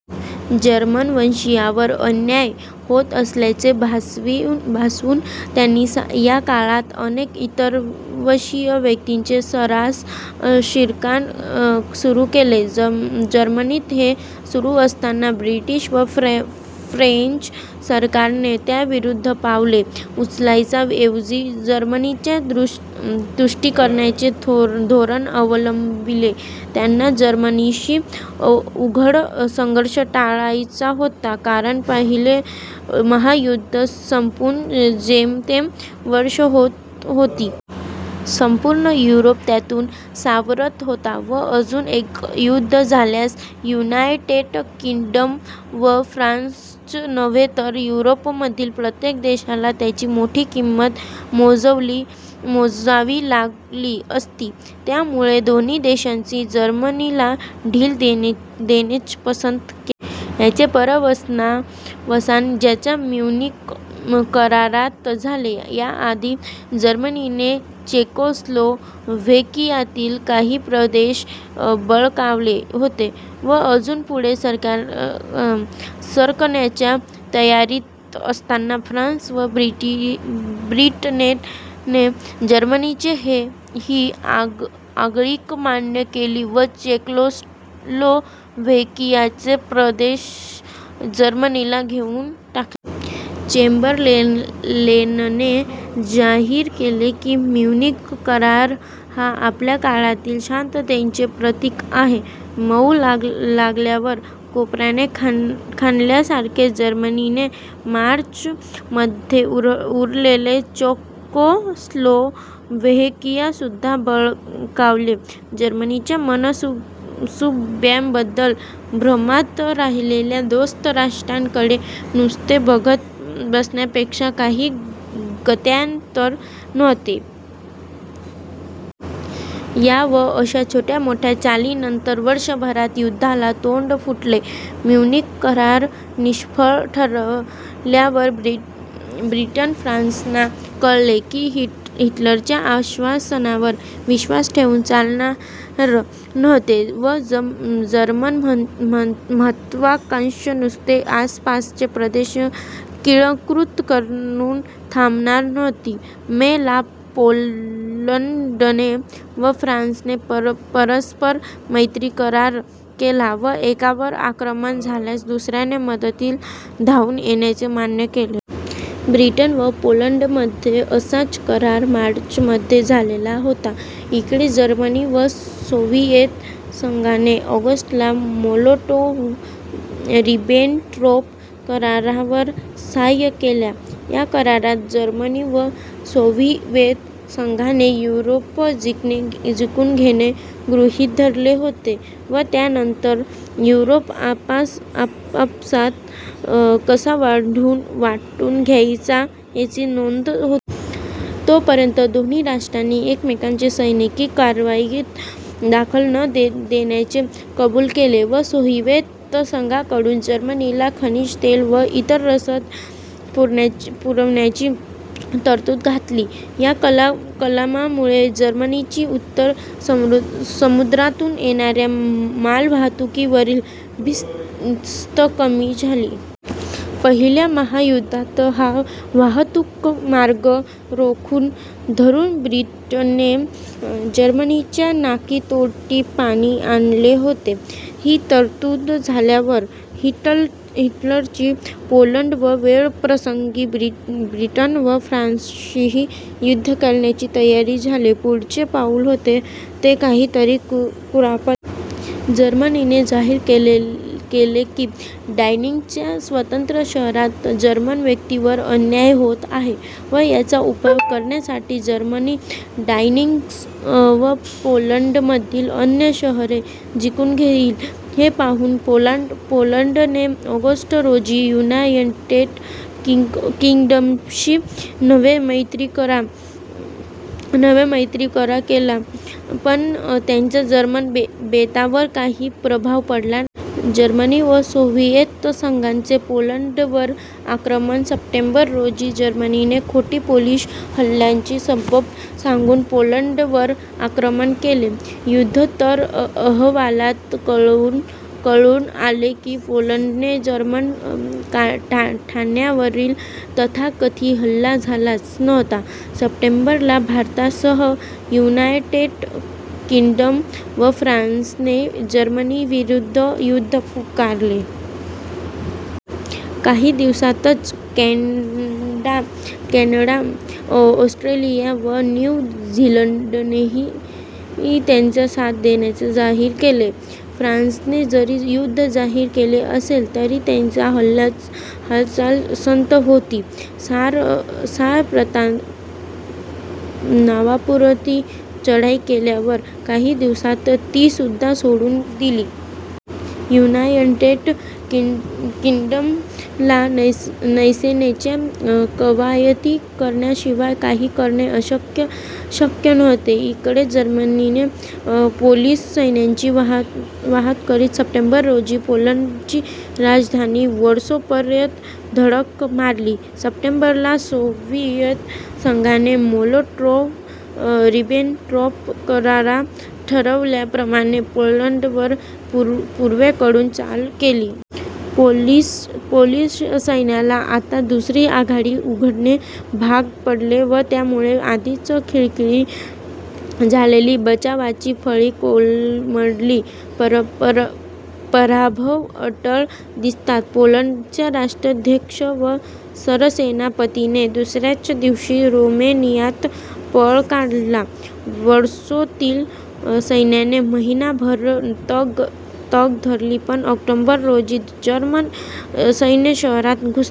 जर्मनवंशीयांवर अन्याय होत असल्याचे भासवून त्यांनी याकाळात अनेक इतरवंशीय व्यक्तींचे सर्रास शिरकाण सुरू केले. जर्मनीत हे सुरू असताना ब्रिटिश व फ्रेंच सरकारने त्याविरुद्ध पावले उचलायच्या ऐवजी जर्मनीच्या तुष्टीकरणाचे धोरण अवलंबिले. त्यांना जर्मनीशी उघड संघर्ष टाळायचा होता कारण पहिले महायुद्ध संपून जेमतेम वर्षे होत होती. संपूर्ण युरोप त्यातून सावरत होता व अजून एक युद्ध झाल्यास युनायटेड किंग्डम व फ्रान्सच नव्हे तर युरोपमधील प्रत्येक देशाला त्याची मोठी किंमत मोजावी लागली असती. त्यामुळे दोन्ही देशांनी जर्मनीला ढील देणेच पसंत केले. याचे पर्यवसान च्या म्युनिक करारात झाले. याआधी जर्मनीने चेकोस्लोव्हेकियातील काही प्रदेश बळकावले होते व अजून पुढे सरकण्याच्या तयारीत असताना फ्रान्स व ब्रिटनने जर्मनीची ही आगळीक मान्य केली व चेकोस्लोव्हेकियाचे प्रदेश जर्मनीला देऊन टाकले. चेम्बरलेनने जाहीर केले की म्युनिक करार हा "आपल्या काळातील शांततेचेच प्रतीक" आहे. मऊ लागल्यावर कोपराने खणल्यासारखे जर्मनीने मार्च मध्ये उरलेले चेकोस्लोव्हेकियासुद्धा बळकावले. जर्मनीच्या मनसूब्यांबद्दल भ्रमात राहिलेल्या दोस्त राष्ट्रांकडे नुसते बघत बसण्यापेक्षा काही गत्यंतर नव्हते. या व अशा छोट्या-मोठ्या चालींनंतर वर्षभरात युद्धाला तोंड फुटले. म्युनिक करार निष्फळ ठरल्यावर ब्रिटन/फ्रान्ससना कळले की हिटलरच्या आश्वासनांवर विश्वास ठेवून चालणार नव्हते व जर्मन महत्त्वाकांक्षा नुसते आसपासचे प्रदेश गिळंकृत करून थांबणार नव्हती. मे, ला पोलंडने व फ्रान्सने परस्पर-मैत्री करार केला व एकावर आक्रमण झाल्यास दुसऱ्याने मदतील धावून येण्याचे मान्य केले. ब्रिटन व पोलंडमध्ये असाच करार मार्चमध्ये झालेला होता. इकडे जर्मनी व सोव्हिएत संघाने ऑगस्ट, ला मोलोटोव्ह-रिबेनट्रॉप करारावर सह्या केल्या. या करारात जर्मनी व सोव्हिएत संघाने युरोप जिंकून घेणे गृहित धरले होते व त्यानंतर युरोप आपापसात कसा वाटून घ्यायचा याची नोंद होती. तोपर्यंत दोन्ही राष्ट्रांनी एकमेकांच्या सैनिकी कार्रवाईत दखल न देण्याचे कबूल केले व सोव्हिएत संघाकडून जर्मनीला खनिज तेल व इतर रसद पुरवण्याची तरतूद घातली. या कलमामुळे जर्मनीची उत्तर समुद्रातून येणाऱ्या मालवाहतूकीवरील भीस्त कमी झाली. पहिल्या महायुद्धात हा वाहतूकमार्ग रोखून धरून ब्रिटनने जर्मनीच्या नाकीतोंडी पाणी आणले होते. ही तरतूद झाल्यावर हिटलरची पोलंड व वेळप्रसंगी ब्रिटन व फ्रान्सशीही युद्ध करण्याची तयारी झाली. पुढचे पाउल होते ते काहीतरी कुरापत काढणे. जर्मनीने जाहीर केले की डान्झिगच्या स्वतंत्र शहरात जर्मन व्यक्तींवर अन्याय होत आहे व याचा उपाय करण्यासाठी जर्मनी डान्झिग व पोलंडमधील अन्य शहरे जिंकून घेईल. हे पाहून पोलंड ने ऑगस्ट रोजी युनायटेड किंग्डमशी नव्याने मैत्री करार केला, पण त्याचा जर्मन बेतांवर काही प्रभाव पडला नाही. जर्मनी व सोव्हिएत संघाचे पोलंडवर आक्रमण सप्टेंबर, रोजी जर्मनीने खोटी पोलिश हल्ल्याची सबब सांगून पोलंडवर आक्रमण केले. युद्धोत्तर अहवालात कळून आले की पोलंडने जर्मन ठाण्यावरील तथाकथित हल्ला झालाच नव्हता. सप्टेंबर ला भारतासह युनायटेड किंग्डम व फ्रान्सने जर्मनीविरुद्ध युद्ध पुकारले. काही दिवसातच कॅनडा, ऑस्ट्रेलिया व न्यू झीलंडनेही त्यांचा साथ देण्याचे जाहीर केले. फ्रान्सने जरी युद्ध जाहीर केले असले तरी त्यांची हालचाल संथ होती. सार प्रांतात नावापुरती चढाई केल्यावर काही दिवसात तीसुद्धा सोडून दिली. युनायटेड किंग्डमला नौसेनेच्या कवायती करण्याशिवाय काही करणे शक्य नव्हते. इकडे जर्मनीने पोलिश सैन्याची वाताहत करीत सप्टेंबर रोजी पोलंडची राजधानी वॉर्सोपर्यंत धडक मारली. सप्टेंबर ला सोव्हिएत संघाने मोलोटॉव्ह-रिबेनट्रॉप करारात ठरवल्याप्रमाणे पोलंडवर पूर्वेकडून चाल केली. पोलिश सैन्याला आता दुसरी आघाडी उघडणे भाग पडले व त्यामुळे आधीच खिळखिळी झालेली बचावाची फळी कोलमडली. पराभव अटळ दिसताना पोलंडच्या राष्ट्राध्यक्ष व सरसेनापतीने दुसऱ्याच दिवशी रोमेनियात पळ काढला. वॉर्सोतील सैन्याने महिनाभर तग धरली पण ऑक्टोबर रोजी जर्मन सैन्य शहरात घुसले.